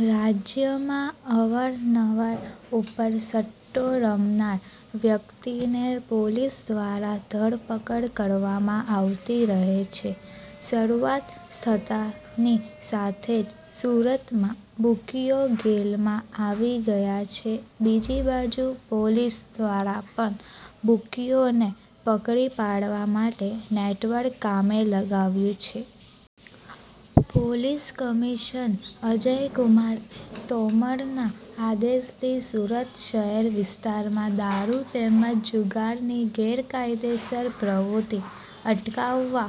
રાજ્યમાં અવાર-નવાર ઉપર સટ્ટો રમનાર વ્યક્તિને પોલીસ દ્વારા ધરપકડ કરવામાં આવતી રહે છે. શરુઆત થતાંની સાથે જ સુરતમાં બુકીઓ ગેલમાં આવી ગયા છે. બીજી બાજુ પોલીસ દ્વારા પણ બુકીઓને પકડી પાડવા માટે નેટવર્ક કામે લગાવ્યુ છે. પોલીસ કમિશન અજયકુમાર તોમરના આદેશથી સુરત શહેર વિસ્તારમાં દારૂ તેમજ જુગારની ગેરકાયદેસર પ્રવૃત્તિ અટકાવવા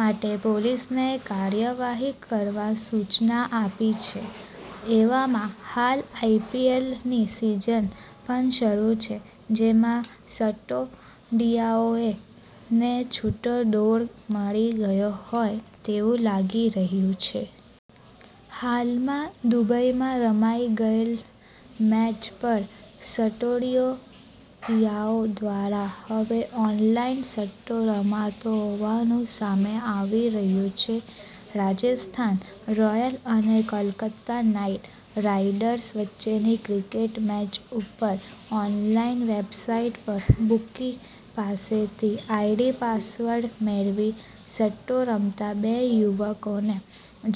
માટે પોલીસને કાર્યવાહી કરવા સૂચના આપી છે. એવામાં હાલ આઈપીએલની સિઝન પણ શરૂ છે. જેમાં સટોડિયાઓએ ને છૂટો દોર મળી ગયો હોય તેવું લાગી રહ્યું છે. હાલમાં દુબઈમાં રમાઈ ગયેલ મેચ પર સટ્ટોડિયો યાઓ દ્વારા હવે ઓનલાઈન સટ્ટો રમાતો હોવાનું સામે આવી રહ્યું છે. રાજસ્થાન રોયલ અને કોલકત્તા નાઇટ રાઇડર્સ વચ્ચેની ક્રિકેટ મેચ ઉપર ઓનલાઇન વેબસાઇટ પર બુકી પાસેથી આઇડી-પાસવર્ડ મેળવી સટ્ટો રમતા બે યુવકોને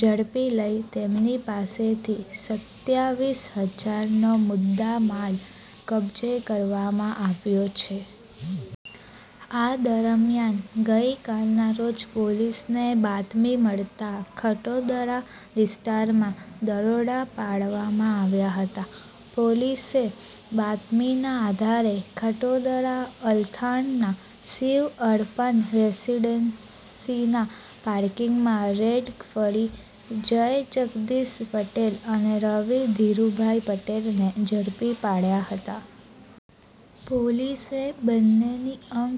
ઝડપી લઈ તેમની પાસેથી સત્યાવીસ હજારનો મુદ્દામાલ કબ્જે કરવામાં આવ્યો છે. આ દરમ્યાન ગઈકાલના રોજ પોલીસને બાતમી મળતા ખટોદરા વિસ્તારમાં દરોડા પાડવામાં આવ્યા હતા. પોલીસે બાતમીના આધારે ખટોદરા અલથાણના શીવ અર્પણ રેસીડન્સીના પાર્કિંગમાં રેડ કરી જય જગદીશ પટેલ અને રવિ ધીરૂભાઇ પટેલ ને ઝડપી પાડયા હતા. પોલીસે બંનેની અંગ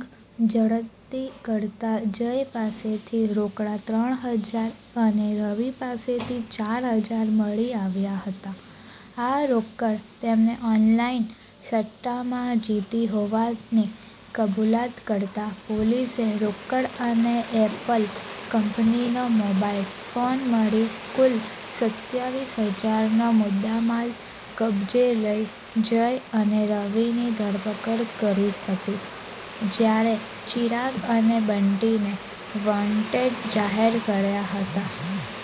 જડતી કરતા જય પાસેથી રોકડા ત્રણ હજાર અને રવિ પાસેથી ચાર હજાર મળી આવ્યા હતા. આ રોકડ તેમણે ઓનલાઇન સટ્ટામાં જીતી હોવાની કબૂલાત કરતા પોલીસે રોકડ અને એપલ કંપનીનો મોબાઇલ ફોન મળી કુલ સત્યાવીસ હજારનો મુદ્દામાલ કબ્જે લઇ જય અને રવિની ધરપકડ કરી હતી. જયારે ચિરાગ અને બંટીને વોન્ટેડ જાહેર કર્યા હતા.